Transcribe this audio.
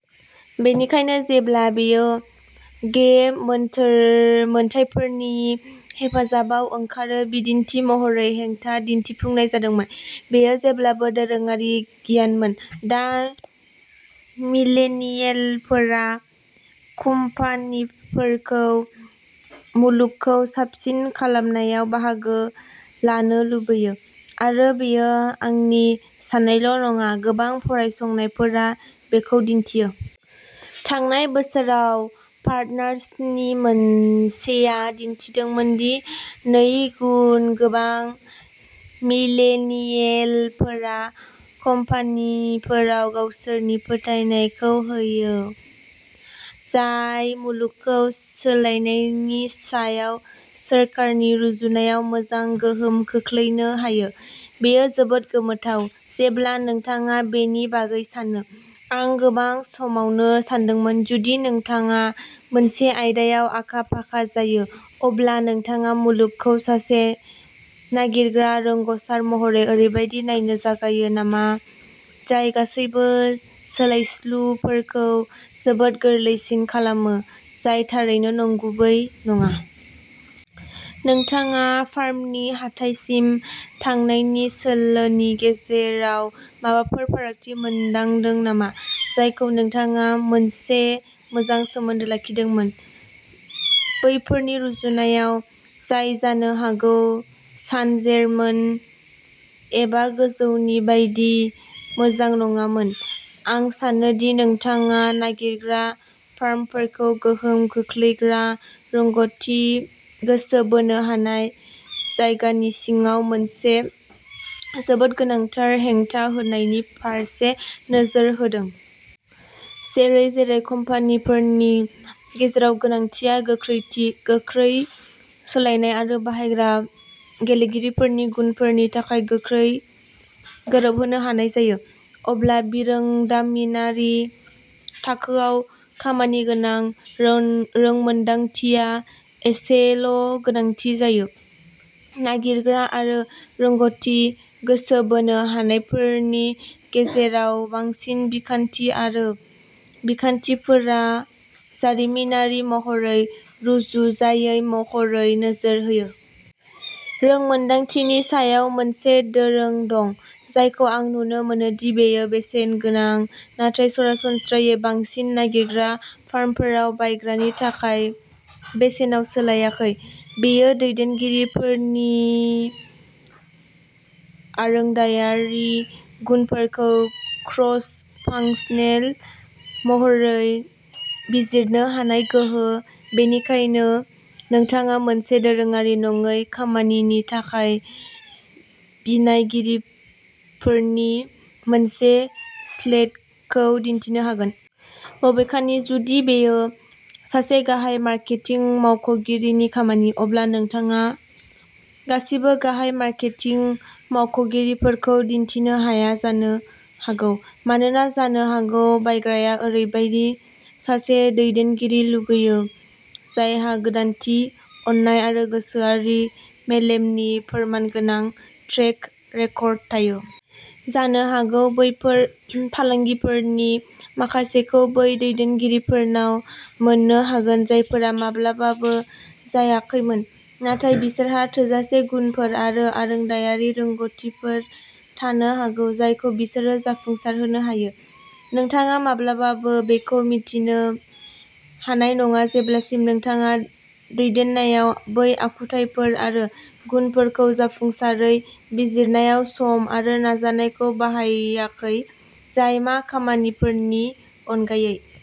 बेनिखायनो जेब्ला बेयो गे मोनथायफोरनि हेफाजाबाव ओंखारो, बिदिन्थि महरै, हेंथा दिन्थिफुंनाय जादोंमोन। बेयो जेब्लाबो दोरोङारि गियानमोन। दा, मिलेनियेलफोरा कम्पानिफोरखौ मुलुगखौ साबसिन खालामनायाव बाहागो लानो लुबैयो। आरो बेयो आंनि साननायल'नङा; गोबां फरायसंनायफोरा बेखौ दिन्थियो। थांनाय बोसोराव पार्टनार्सनि मोनसेया दिन्थिदोंमोन दि नैगुन गोबां मिलेनियेलफोरा कम्पानिफोराव गावसोरनि फोथायनायखौ होयो जाय मुलुगखौ सोलायनायनि सायाव सोरखारनि रुजुनायाव मोजां गोहोम खोख्लैनो हायो। बेयो जोबोद गोमोथाव, जेब्ला नोंथाङा बेनि बागै सानो। आं गोबां समावनो सानदोंमोनः जुदि नोंथाङा मोनसे आयदायाव आखा-फाखा जायो, अब्ला नोंथाङा मुलुगखौ सासे नागिरग्रा रोंग'सार महरै ओरैबायदि नायनो जागायो नामा जाय गासैबो सोलायस्लुफोरखौ जोबोद गोरलैसिन खालामो, जाय थारैनो नंगुबै नङा? नोंथाङा फार्मनि हाथाइसिम थांनायनि सोलोनि गेजेराव माबाफोर फारागथि मोनदांदों नामा, जायजों नोंथाङा मोनसे मोजां सोमोन्दो लाखिदोंमोन? बैफोरनि रुजुनायाव जाय जानो हागौ सानजेरमोन एबा गोजौनि बायदि मोजां नङामोन? आं सानो दि नोंथाङा नागिरग्रा फार्मफोरखौ गोहोम खोख्लैग्रा रोंग'थि गोसो बोनो हानाय जायगानि सिङाव मोनसे जोबोद गोनांथार हेंथा होनायनि फारसे नोजोर होदों। जेरै-जेरै कम्पानिफोरनि गेजेराव गोनांथिआ गोख्रैथि, गोख्रै सोलायनाय आरो बाहायग्रा गेलेगिरिफोरनि गुनफोरनि थाखाय गोख्रै गोरोबहोनो हानाय जायो, अब्ला बिरोंदामिनारि थाखोआव खामानिगोनां रोंमोनदांथिया एसेल'गोनांथि जायो। नागिरग्रा आरो रोंग'थि गोसो बोनो हानायफोरनि गेजेराव बांसिन बिखान्थि आरो बिखान्थिफोरा जारिमिनारि महरै रुजुजायै महरै नोजोर होयो। रोंमोन्दांथिनि सायाव। मोनसे दोरों दं जायखौ आं नुनो मोनो दि बेयो बेसेनगोनां नाथाय सरासनस्रायै बांसिन नागिरग्रा फार्मफोराव बायग्रानि थाखाय बेसेनाव सोलायाखै। बेयो दैदेनगिरिफोरनि आरोंदायारि गुनफोरखौ क्रस-फांसनेल महरै बिजिरनो हानाय गोहो, बेनिखायनो नोंथाङा मोनसे दोरोङारि नङै खामानिनि थाखाय बिनायगिरिफोरनि मोनसे स्लेटखौ दिन्थिनो हागोन। बबेखानि, जुदि बेयो सासे गाहाय मार्केटिं मावख'गिरिनि खामानि, अब्ला नोंथाङा गासिबो गाहाय मार्केटिं मावख'गिरिफोरखौ दिन्थिनो हाया जानो हागौ। मानोना जानो हागौ बायग्राया ओरैबायदि सासे दैदेनगिरि लुगैयो जायहा गोदानथि, अननाय आरो गोसोआरि मेलेमनि फोरमानगोनां ट्रेक रेकर्ड थायो। जानो हागौ, बैफोर फालांगिफोरनि माखासेखौ बै दैदेनगिरिफोरनाव मोन्नो हागोन जायफोरा माब्लाबाबो जायाखैमोन, नाथाय बिसोरहा थोजासे गुनफोर आरो आरोंदायारि रोंग'थिफोर थानो हागौ जायखौ बिसोरो जाफुंसारहोनो हायो। नोंथाङा माब्लाबाबो बेखौ मिन्थिनो हानाय नङा जेब्लासिम नोंथाङा दैदेननायाव बै आखुथायफोर आरो गुनफोरखौ जाफुंसारै बिजिरनायाव सम आरो नाजानायखौ बाहायाखै जाय मा खामानिफोरनि अनगायै।